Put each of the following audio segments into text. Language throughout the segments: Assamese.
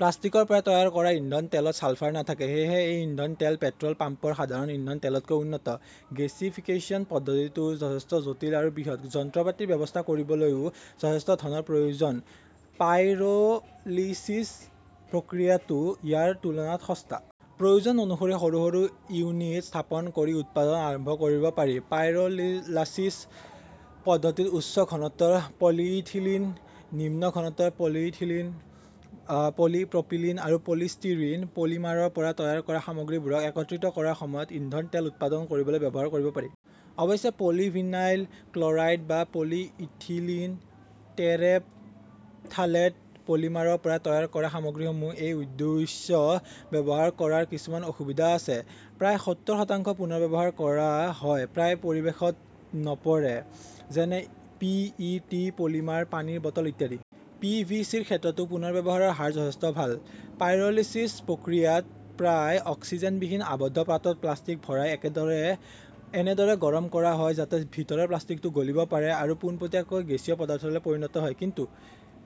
প্লাষ্টিকৰ পৰা তৈয়াৰ কৰা ইন্ধন তেলত ছালফাৰ নাথাকে। সেয়েহে এই ইন্ধন তেল পেট্ৰল পাম্পৰ সাধাৰণ ইন্ধন তেলতকৈ উন্নত। গেছিফিকেচন পদ্ধতিটো যথেষ্ট জটিল আৰু বৃহৎ। যন্ত্ৰপাতিৰ ব্যৱস্থা কৰিবলৈও যথেষ্ট ধনৰ প্ৰয়োজন। পাইৰোলিছিছ প্ৰক্ৰিয়াটো ইয়াৰ তুলনাত সস্তা। প্ৰয়োজন অনুসৰি সৰু- সৰু ইউনিট স্থাপন কৰি উৎপাদন আৰম্ভ কৰিব পাৰি। পাইৰোলাচিছ পদ্ধতিত উচ্চ ঘনত্বৰ পলিইথিলিন, নিম্ন ঘনত্বৰ পলিইথিলিন, পলিপ্ৰপিলিন আৰু পলিষ্টিৰিন পলিমাৰৰ পৰা তৈয়াৰ কৰা সামগ্ৰীবোৰক একত্ৰিত কৰাৰ সময়ত ইন্ধন তেল উৎপাদন কৰিবলৈ ব্যৱহাৰ কৰিব পাৰি। অৱশ্যে পলিভিনাইল ক্লৰাইড বা পলিইথিলিন টেৰেপথালেট পলিমাৰৰ পৰা তৈয়াৰ কৰা সামগ্ৰীসমূহ এই উদ্দেশ্যে ব্যৱহাৰ কৰাৰ কিছুমান অসুবিধা আছে। প্ৰায় সত্তৰ শতাংশ পুনৰ্ব্যৱহাৰ কৰা হয়, প্ৰায় পৰিৱেশত নপৰে। যেনে পি. ই. টি. পলিমাৰ, পানীৰ বটল ইত্যাদি। পি. ভি. চি. -ৰ ক্ষেত্ৰতো পুনৰ্ব্যৱহাৰৰ হাৰ যথেষ্ট ভাল। পাইৰোলিছিছ প্ৰক্ৰিয়াত প্ৰায় অক্সিজেনবিহীন আবদ্ধ পাত্ৰত প্লাষ্টিক ভৰাই এনেদৰে গৰম কৰা হয় যাতে ভিতৰৰ প্লাষ্টিকটো গলিব পাৰে আৰু পোনপটীয়াকৈ গেছীয় পদাৰ্থলৈ পৰিণত হয়। কিন্তু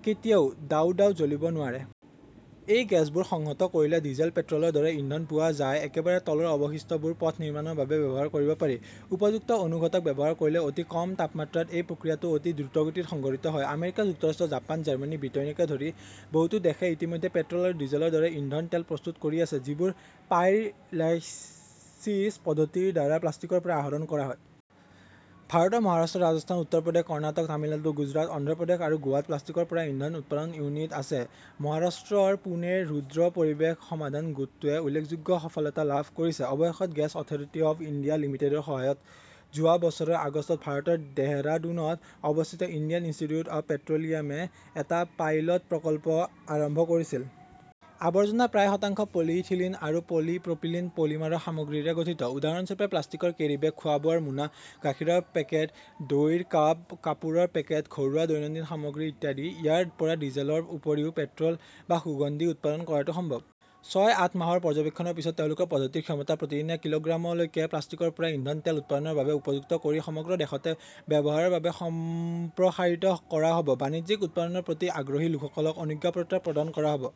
কেতিয়াও দাউদাও জ্বলিব নোৱাৰে। এই গেছবোৰ সংহত কৰিলে ডিজেল, পেট্ৰলৰ দৰে ইন্ধন পোৱা যায় একেবাৰে তলৰ অৱশিষ্টবোৰ পথ নিৰ্মাণৰ বাবে ব্যৱহাৰ কৰিব পাৰি। উপযুক্ত অনুঘটক ব্যৱহাৰ কৰিলে অতি কম তাপমাত্ৰাত এই প্ৰক্ৰিয়াটো অতি দ্ৰুতগতিত সংঘটিত হয়। আমেৰিকা যুক্তৰাষ্ট্ৰ, জাপান, জাৰ্মানী, ব্ৰিটেইনকে ধৰি বহুতো দেশে ইতিমধ্যে পেট্ৰল আৰু ডিজেলৰ দৰে ইন্ধন তেল প্ৰস্তুত কৰি আছে, যিবোৰ পাইৰ লাইসিস পদ্ধতিৰ দ্বাৰা প্লাষ্টিকৰ পৰা আহৰণ কৰা হয়। ভাৰতৰ মহাৰাষ্ট্ৰ, ৰাজস্থান, উত্তৰ প্ৰদেশ, কৰ্ণাটক, তামিলনাডু, গুজৰাট, অন্ধ্ৰ প্ৰদেশ আৰু গোৱাত প্লাষ্টিকৰ পৰা ইন্ধন উৎপাদন ইউনিট আছে। মহাৰাষ্ট্ৰৰ পুনেৰ ৰুদ্ৰ পৰিৱেশ সমাধান গোটটোৱে উল্লেখযোগ্য সফলতা লাভ কৰিছে। অৱশেষত গেছ অথৰিটি অৱ ইণ্ডিয়া লিমিটেডৰ সহায়ত যোৱা বছৰৰ আগষ্টত ভাৰতৰ দেহৰাদুনত অৱস্থিত ইণ্ডিয়ান ইনষ্টিটিউট অৱ পেট্ৰলিয়ামে এটা পাইলট প্ৰকল্প আৰম্ভ কৰিছিল। আবৰ্জনাৰ প্ৰায় শতাংশ পলিইথিলিন আৰু পলিপ্ৰপিলিন পলিমাৰৰ সামগ্ৰীৰে গঠিত। উদাহৰণস্বৰূপে, প্লাষ্টিকৰ কেৰীবেগ, খোৱা-বোৱাৰ মোনা, গাখীৰৰ পেকেট, দইৰ কাপ, কাপোৰৰ পেকেট, ঘৰুৱা দৈনন্দিন সামগ্ৰী ইত্যাদি। ইয়াৰ পৰা ডিজেলৰ উপৰিও পেট্ৰল বা সুগন্ধি উৎপাদন কৰাটো সম্ভৱ। ছয়-আঠ মাহৰ পৰ্যবেক্ষণৰ পিছত তেওঁলোকৰ পদ্ধতিৰ ক্ষমতা প্ৰতিদিনে কিলোগ্ৰামলৈকে প্লাষ্টিকৰ পৰা ইন্ধন তেল উৎপাদনৰ বাবে উপযুক্ত কৰি সমগ্ৰ দেশতে ব্যৱহাৰৰ বাবে সম্প্ৰসাৰিত কৰা হ 'ব। বাণিজ্যিক উৎপাদনৰ প্ৰতি আগ্ৰহী লোকসকলক অনুজ্ঞাপত্ৰ প্ৰদান কৰা হ'ব।